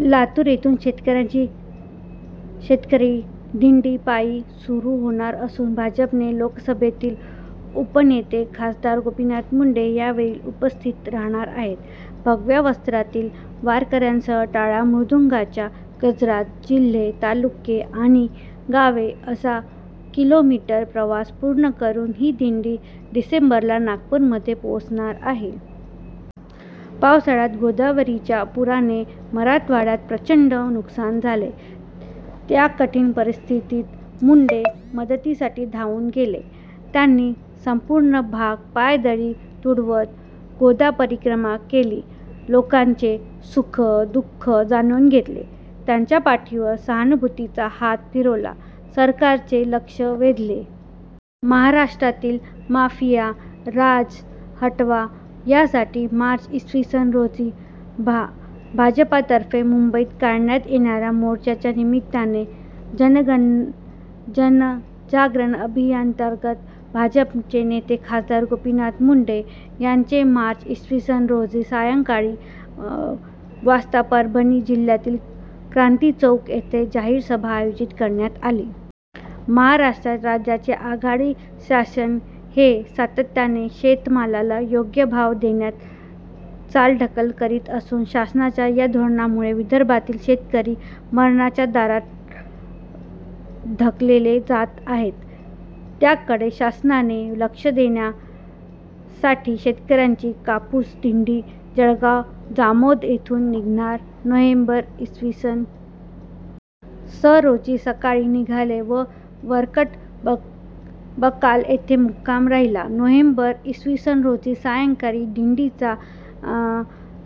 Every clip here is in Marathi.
लातूर येथून शेतकऱ्यांची शेतकरी दिण्डी पायी सुरू होणार असून भाजपचे लोकसभेतील उपनेते खा. गोपीनाथ मुंडे यावेळी उपस्थित रहाणार आहेत. भगव्या वस्त्रातील वारकऱ्यांसह टाळ मृदुंगाच्या गजरात जिल्हे, तालुके आणि गावे असा किलोमीटर प्रवास पूर्ण करून ही दिंडी डिसेंबरला नागपूरमध्ये पोहोचणार आहे. पावसाळ्यात गोदावरीच्या पुराने मराठवाड्यात प्रचण्ड नुकसान झाले. त्या कठिण परिस्थितीत मुंडे मतदीसाठी धावून गेले. त्यांनी सम्पूर्ण भाग पायदळी तुडवत 'गोदा परिक्रमा' केली. लोकांचे सुखदुःख जाणून घेतले, त्यांच्या पाठीवर सहानुभूतीचा हात फिरवला, सरकारचे लक्ष वेधले. महाराष्ट्रातील माफिया राज हटवा यासाठी मार्च इ. स. रोजी भाजपतर्फे मुम्बईत काढण्यात येणाऱ्या मोर्चाच्या निमित्ताने जनजागरण अभियानाअंतर्गत भाजपचे नेते खासदार गोपीनाथ मुंडे यांचे मार्च इ. स. रोजी सायंकाळी वाजता परभणी जिल्ह्यातील क्रान्ती चौक येथे जाहीर सभा आयोजित करण्यात आली. महाराष्ट्र राज्याचे आघाडी शासन हे सातत्याने शेतमालाला योग्य भाव देण्यात चालढकल करीत असून, शासनाच्या या धोरणामुळे विदर्भातील शेतकरी मरणाच्या दारात ढकलले जात आहे. त्याकडे शासनाचे लक्ष वेधण्यासाठी शेतकऱ्यांची कापूस दिण्डी जळगाव जामोद येथून निघणार नोव्हेम्बर इ. स. रोजी सकाळी. निघेल व वरवट बकाल येथे मुक्काम राहील. नोव्हेम्बर इ. स. रोजी सायंकाळी. दिण्डीचा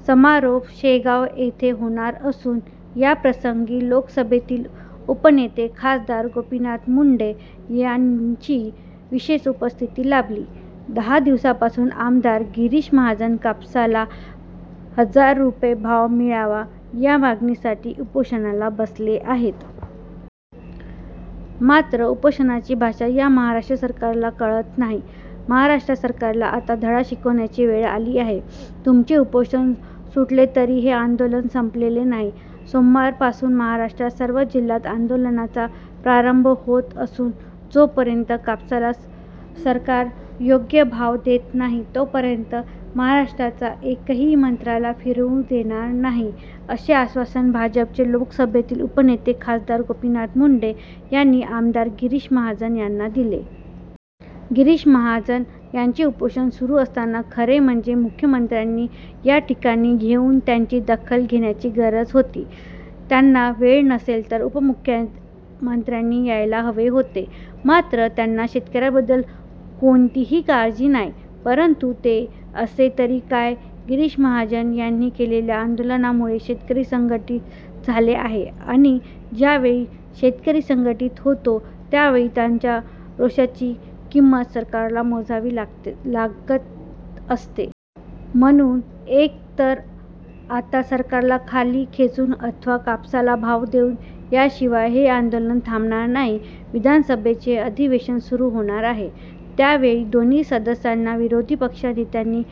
समारोप शेगाव येथे होणार असून, याप्रसंगी लोकसभेतील उपनेते खासदार गोपीनाथ मुंडे यांची विशेष उपस्थिती लाभली.। दहा दिवसांपासून आमदार गिरीश महाजन कापसाला हजार रुपये भाव मिळावा या मागणीसाठी उपोषणाला बसले आहेत. मात्र उपोषणाची भाषा या महाराष्ट्र सरकारला कळत नाही. महाराष्ट्र सरकारला आता धडा शिकविण्याची वेळ आली आहे. तुमचे उपोषण सुटले तरी हे आन्दोलन सम्पलेले नाही. सोमवारपासून महाराष्ट्रात सर्व जिल्ह्यात आन्दोलनाला प्रारम्भ होत असून, जोपर्यंत कापसाला सरकार योग्य भाव देत नाही, तोपर्यंत महाराष्ट्राच्या एकाही मंत्र्याला फिरू देणार नाही, असे आश्वासन भाजपचे लोकसभेतील उपनेते खासदार गोपीनाथ मुंडे यांनी आमदार गिरीश महाजन यांना दिले. गिरीश महाजन यांचे उपोषण सुरू असताना खरे म्हणजे मुख्यमंत्र्यांनी या ठिकाणी येऊन त्याची दखल घेण्याची गरज होती. त्यांना वेळ नसेल, तर उपमुख्यमंत्र्यांनी यायला हवे होते. मात्र त्यांना शेतकऱ्यांबद्दल कोणतीही काळजी नाही. परंतु तसे असले तरी आज गिरीश महाजन यांनी केलेल्या आन्दोलनामुळे शेतकरी संघटित झाला आहे आणि ज्यावेळी शेतकरी संघटित होतो त्यावेळी त्याच्या रोषाची किंमत सरकारला मोजावी लागत असते. म्हणून एक तर आता 'सरकारला खाली खेचू अथवा कापसाला भाव घेऊ' याशिवाय हे आन्दोलन थाम्बणार नाही. विधानसभेचे अधिवेशन सुरू होणार आहे. त्यावेळी दोन्ही सदनांच्या विरोधी पक्षनेत्यांनी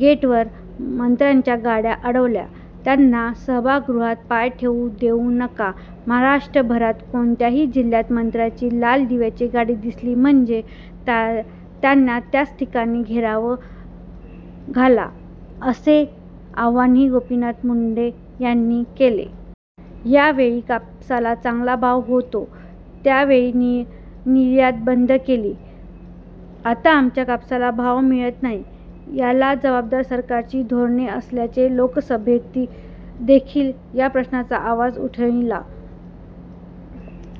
गेटवरच मंत्र्यांच्या गाड्या अडवा. त्यांना सभागृहात पाय ठेवू देवू नका, महाराष्ट्रभरात कोणत्याही जिल्ह्यात मंत्र्यांची लाल दिव्याची गाडी दिसली म्हणजे त्यांना त्याच ठिकाणी घेराव घाला असे आवाहनही गोपीनाथ मुंडे यांनी केले. ज्यावेळी कापसाला चांगला भाव होता त्यावेळी निर्यात बन्द केली. आता आमच्या कापसाला भाव मिळत नाही. याला जबाबदार सरकारची धोरणेच असल्याने लोकसभेतदेखील या प्रश्नावर आवाज उठविणार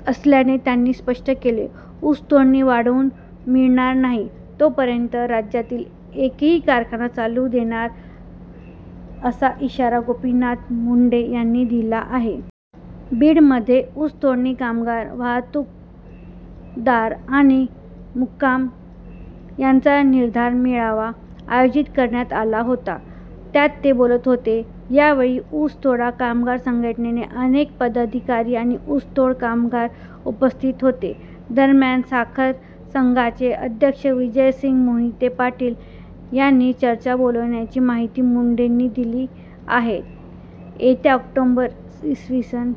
असल्याचे त्यांनी स्पष्ट केले. ऊस तोडणी वाढवून मिळणार नाहीं तो पर्यंत राज्यातील एका ही कारखाना चालू देणार असा इशारा गोपीनाथ मुंडे यांनी दिला आहे. बीडमध्ये ऊस तोडणी कामगार, वाहतूकदार आणि मुकादम यांचा निर्धार मेळावा आयोजित करण्यात आला होता. त्यात ते बोलत होते, या वेळी ऊस तोड कामगार संघटनेचे अनेक पदाधिकारी आणि ऊसतोड कामगार उपस्थित होते. दरम्यान, साखर संघाचे अध्यक्ष विजयसिंह मोहिते-पाटील यांनी चर्चेला बोलावल्याची माहिती मुंडेंनी दिली आहे. येत्या ऑक्टोबर, इ.